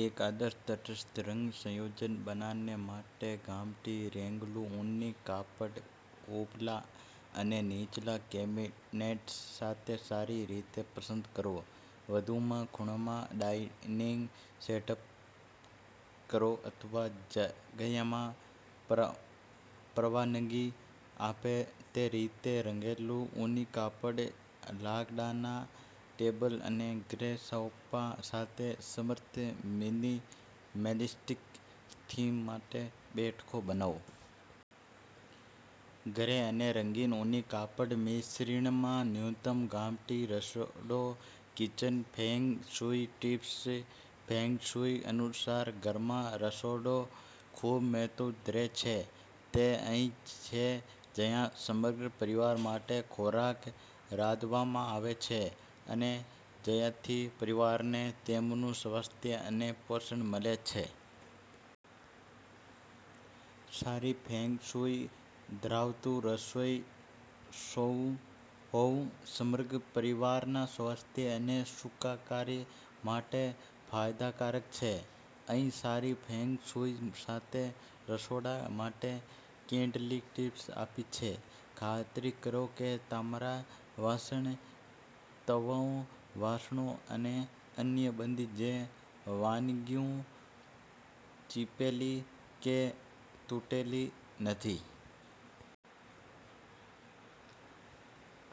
એક આદર્શ તટસ્થ રંગ સંયોજન બનાવવા માટે ગામઠીરંગેલું ઊની કાપડ ઉપલા અને નીચલા કેબિનેટ્સ સાથે સારી રીતે પસંદ કરો. વધુમાં, ખૂણામાં ડાઇનિંગ સેટઅપ કરો અથવા જગ્યામાં પરવાનગી આપે તે રીતેરંગેલું ઊની કાપડ લાકડાના ટેબલ અને ગ્રે સોફા સાથે સમૃદ્ધ મિનિમેલિસ્ટિક થીમ માટે બેઠકો બનાવો. ગ્રે અને રંગીન ઊની કાપડ મિશ્રણમાં ન્યૂનતમ, ગામઠી રસોડું kitchen feng shui tips feng shui અનુસાર ઘરમાં રસોડું ખૂબ મહત્વ ધરાવે છે. તે અહીં છે જ્યાં સમગ્ર પરિવાર માટે ખોરાક રાંધવામાં આવે છે અને જ્યાંથી પરિવારને તેમનું સ્વાસ્થ્ય અને પોષણ મળે છે. સારી ફેંગશુઈ ધરાવતું રસોડું હોવુંસમગ્ર પરિવારના સ્વાસ્થ્ય અને સુખાકારી માટે ફાયદાકારક છે. અહીં સારી ફેંગ શુઇ સાથે રસોડું માટે કેટલીક ટીપ્સ આપી છે- ખાતરી કરો કે તમારા વાસણ, તવાઓ, વાસણો અને અન્ય તમામ વાનગીઓ ચીપેલી કે તૂટેલી નથી.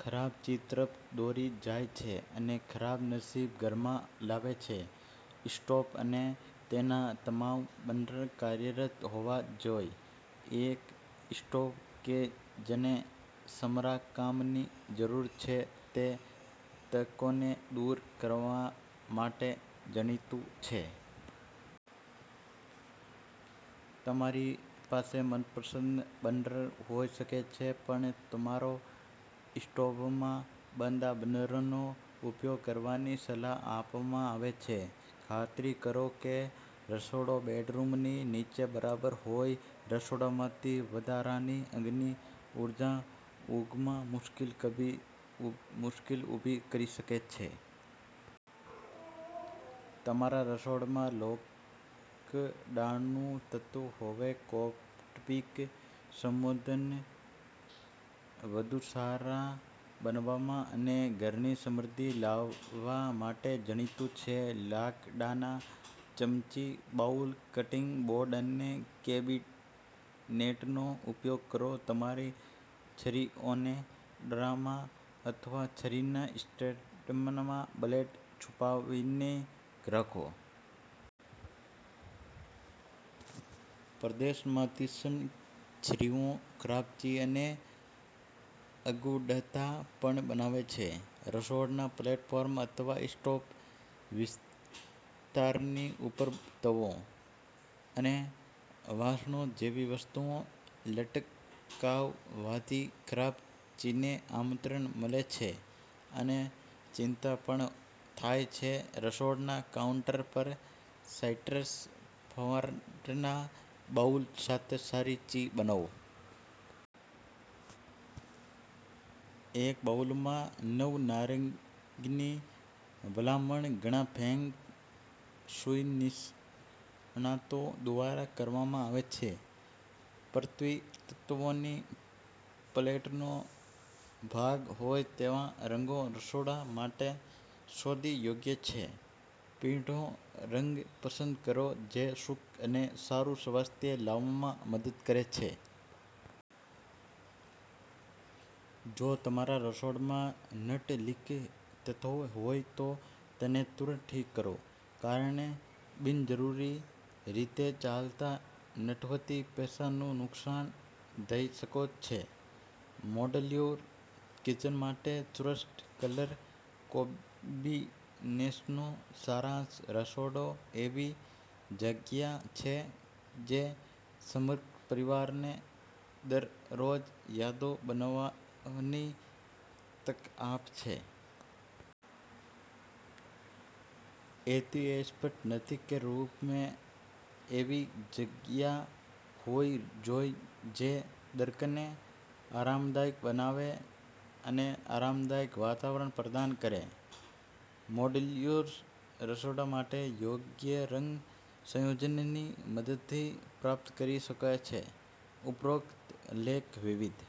ખરાબ ચી તરફ દોરી જાય છે અને ખરાબ નસીબ ઘરમાં લાવે છે. સ્ટોવ અને તેના તમામ બર્નર કાર્યરત હોવા જોઈએ. એક સ્ટોવ કે જેને સમારકામની જરૂર છે તે તકોને દૂર કરવા માટે જાણીતું છે. તમારી પાસે મનપસંદ બર્નર હોઈ શકે છે, પરંતુ તમારા સ્ટોવમાં બધા બર્નરનો ઉપયોગ કરવાની સલાહ આપવામાં આવે છે. ખાતરી કરો કે રસોડું બેડરૂમની નીચે બરાબરહોય. રસોડામાંથી વધારાની અગ્નિ ઉર્જા ઊંઘમાં મુશ્કેલી ઊભી કરી શકે છે. તમારા રસોડામાં લાકડાનું તત્વ હોવુંકૌટુંબિક સંબંધોને વધુ સારા બનાવવામાં અને ઘરની સમૃદ્ધિ લાવવા માટે જાણીતું છે. લાકડાના ચમચી, બાઉલ, કટિંગ બોર્ડ અને કેબિનેટનો ઉપયોગ કરો. તમારી છરીઓને ડ્રોઅરમાં અથવા છરીના સ્ટેન્ડમાં બ્લેડ છુપાવીને રાખો. પ્રદર્શનમાં તીક્ષ્ણ છરીઓ ખરાબ ચી અને અગવડતા પણ બનાવે છે. રસોડાના પ્લેટફોર્મ અથવા સ્ટોવ વિસ્તારની ઉપર તવાઓ અને વાસણો જેવી વસ્તુઓ લટકાવવાથી ખરાબ ચીને આમંત્રણ મળે છે અને ચિંતા પણ થાય છે. રસોડાના કાઉન્ટર પર સાઇટ્રસ ફળોના બાઉલ સાથે સારી ચી બનાવો. એક બાઉલમાં નવ નારંગીની ભલામણ ઘણા ફેંગ શુઇ નિષ્ણાતો દ્વારા કરવામાં આવે છે. પૃથ્વી તત્વોની પેલેટનો ભાગ હોય તેવા રંગો રસોડા માટે સૌથી યોગ્ય છે. પીળો રંગ પસંદ કરો જે સુખ અને સારું સ્વાસ્થ્ય લાવવામાં મદદ કરે છે. જો તમારા રસોડામાં નળ લીક થતો હોય તો તેને તરત ઠીક કરો, કારણ કે બિનજરૂરી રીતે ચાલતા નળથી પૈસાનું નુકસાન થઈ શકે છે. મોડ્યુલર કિચન માટે શ્રેષ્ઠ કલર કોમ્બિનેશનનો સારાંશ રસોડુંએવી જગ્યા છે જે સમગ્ર પરિવારને દરરોજ યાદો બનાવવાની તક આપે છે. તેથી, તે સ્પષ્ટ નથી કેરૂમ એવી જગ્યા હોવી જોઈએ જે દરેકને આરામદાયક બનાવે અને આરામદાયક વાતાવરણ પ્રદાન કરે. મોડ્યુલર રસોડા માટે યોગ્ય રંગ સંયોજનની મદદથીપ્રાપ્ત કરી શકાય છે. ઉપરોક્ત લેખ વિવિધ